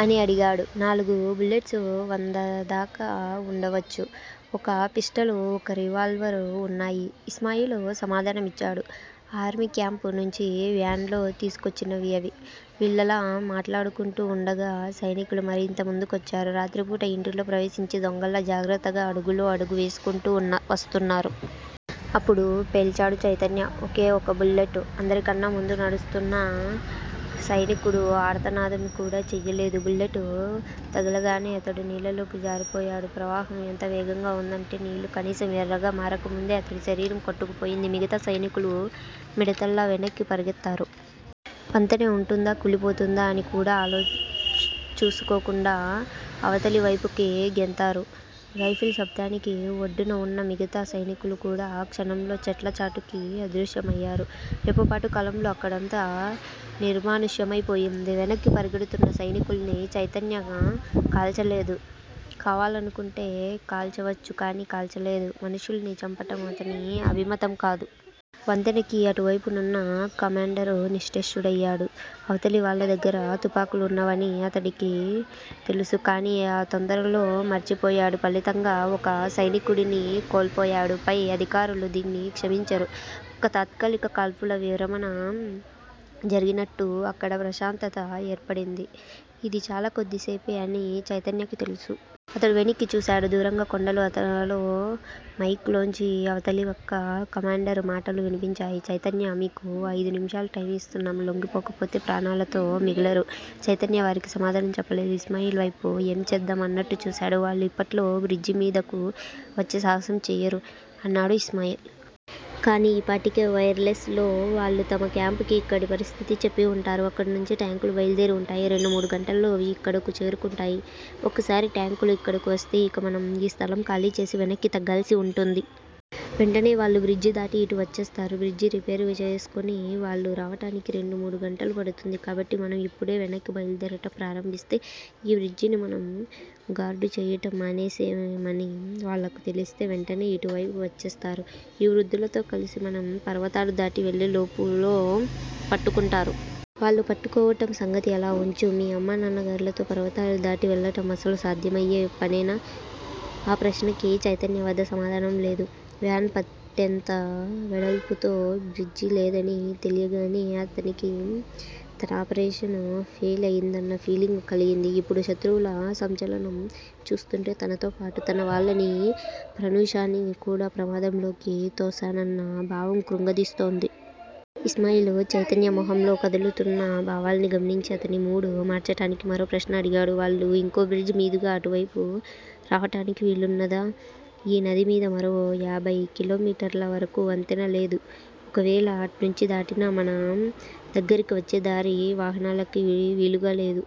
అని అడిగాడు. నాలుగు. బుల్లెట్స్ వందదాకా వుండవచ్చు. ఒక పిస్టల్, ఒక రివాల్వర్ వున్నాయి ఇస్మాయిల్ సమాధానం ఇచ్చాడు. ఆర్మీ క్యాంప్ నుంచి వ్యాన్ లో తీసుకొచ్చినవి అవి. వీళ్ళలా మాట్లాడుకుంటూ వుండగా సైనికులు మరింత ముందుకొచ్చారు. రాత్రిపూట ఇంటిలో ప్రవేసించి దొంగల్లా జాగ్రత్తగా అడుగులో అడుగు వేసుకుంటూ వస్తున్నారు. అప్పుడు పేల్చాడు చైతన్య. ఒకే ఒక బుల్లెట్. అందరికన్నా ముందు నడుస్తూన్న సైనికుడు ఆర్తనాదం కూడా చెయ్యలేదు. బుల్లెట్ తగలగానే అతడు నీళ్ళలోకి జారిపోయాడు. ప్రవాహం ఎంత వేగంగా వుందంటే, నీళ్ళు కనీసం ఎర్రగా మారకముందే అతడి శరీరం కొట్టుకుపోయింది. మిగతా సైనికులు మిడతల్లా వెనక్కి పరుగెత్తారు. వంతెన వుంటుందా, కూలిపోతుందా అనికూడా చూసుకోకుండా అవతలివైపుకి గెంతారు. రైఫిల్ శబ్దానికి ఒడ్డున వున్న మిగతా సైనికులుకూడా క్షణంలో చెట్లచాటుకి అదృశ్యమయ్యారు. రెప్పపాటు కాలంలో అక్కడంతా నిర్మానుష్యమై పోయింది. వెనక్కి పరిగెడుతున్న సైనికుల్ని చైతన్య కాల్చలేదు. కావాలనుకుంటే కాల్చవచ్చు కానీ కాల్చలేదు. మనుషుల్ని చంపటం అతని అభిమతం కాదు. వంతెనకి అటువైపునున్న కమాండర్ నిశ్చేష్టుడయ్యాడు. అవతలివాళ్ళ దగ్గర తుపాకులున్నవని అతడికి తెలుసు. కానీ ఆ తొందరలో మర్చిపోయాడు ఫలితంగా ఒక సైనికుడిని కోల్పోయాడు. పై అధికారులు దీన్ని క్షమించరు. ఒక్క తాత్కాలిక కాల్పుల విరమణ జరిగినట్టు అక్కడ ప్రశాంతత ఏర్పడింది. ఇది చాలా కొద్దిసేపే అని చైతన్యకి తెలుసు. అతడు వెనక్కి చూశాడు. దూరంగా కొండలు అంతలో మైక్ లోంచి అవతలిపక్క కమాండర్ మాటలు వినిపించాయి. చైతన్యా! మీకు అయిదు నిముషాలు టైము ఇస్తున్నాను. లొంగిపోకపోతే ప్రాణాలతో మిగలరు. చైతన్య వారికి సమాధానం చెప్పలేదు. ఇస్మాయిల్ వైపు 'ఏం చేద్దాం' అన్నట్టు చూశాడు. వాళ్ళు ఇప్పట్లో బ్రిడ్జి మీదకు వచ్చే సాహసం చెయ్యరు అన్నాడు ఇస్మాయిల్. కానీ ఈపాటికే వైర్ లెస్ లో వాళ్ళు తమ క్యాంప్ కి ఇక్కడి పరిస్థితి చెప్పి వుంటారు. అక్కడనుంచి టాంకులు బయలుదేరి వుంటాయి. రెండు మూడు గంటల్లో అవి ఇక్కడకు చేరుకుంటాయి. ఒక్కసారి టాంకులు ఇక్కడకు వస్తే ఇక మనం ఈ స్థలం ఖాళీచేసి వెనక్కి తగ్గాల్సి వుంటుంది. వెంటనే వాళ్ళు బ్రిడ్జిదాటి ఇటు వచ్చేస్తారు. బ్రిడ్జి రిపేరు చేసుకుని వాళ్ళు రావటానికి రెండు మూడు గంటలు పడుతుంది కాబట్టి మనం ఇప్పుడే వెనక్కి బయలుదేరటం ప్రారంభిస్తే. ఈ బ్రిడ్జిని మనం గార్డుచేయటం మానేసేమని వాళ్ళకు తెలిస్తే వెంటనే ఇటువైపు వచ్చేస్తారు. ఈ వృద్ధులతో కలిసి మనం పర్వతాలు దాటి వెళ్ళేలోపులో పట్టుకుంటారు. వాళ్ళు పట్టుకోవటం సంగతి అలా వుంచు. మీ అమ్మానాన్నగార్లతో పర్వతాలు దాటివెళ్ళటం అసలు సాధ్యమయ్యే పనేనా? ఆ ప్రశ్నకి చైతన్య వద్ద సమాధానం లేదు. వ్యాన్ పట్టేంత వెడల్పుతో బ్రిడ్జి లేదని తెలియగానే అతనికి తన ఆపరేషన్ ఫెయిల్ అయిందన్న ఫీలింగ్ కలిగింది. ఇప్పుడు శత్రువుల సంచలనం చూస్తూంటే, తనతోపాటు తన వాళ్ళనీ, ప్రనూషనీ కూడా ప్రమాదంలోకి తోశానన్న భావం కృంగదీస్తోంది. ఇస్మాయిల్ చైతన్య మొహంలో కదులుతూన్న భావాల్ని గమనించి, అతని మూడ్ మార్చటానికి మరో ప్రశ్న అడిగాడు. వాళ్ళు ఇంకో బ్రిడ్జి మీదుగా ఇటువైపు రావటానికి వీలున్నదా? ఈ నదిమీద మరో యాభై కిలోమీటర్ల వరకూ వంతెనలేదు. ఒకవేళ అట్నుంచి దాటినా, మన దగ్గరికి వచ్చే దారి వాహనాలకి వీలుగా లేదు.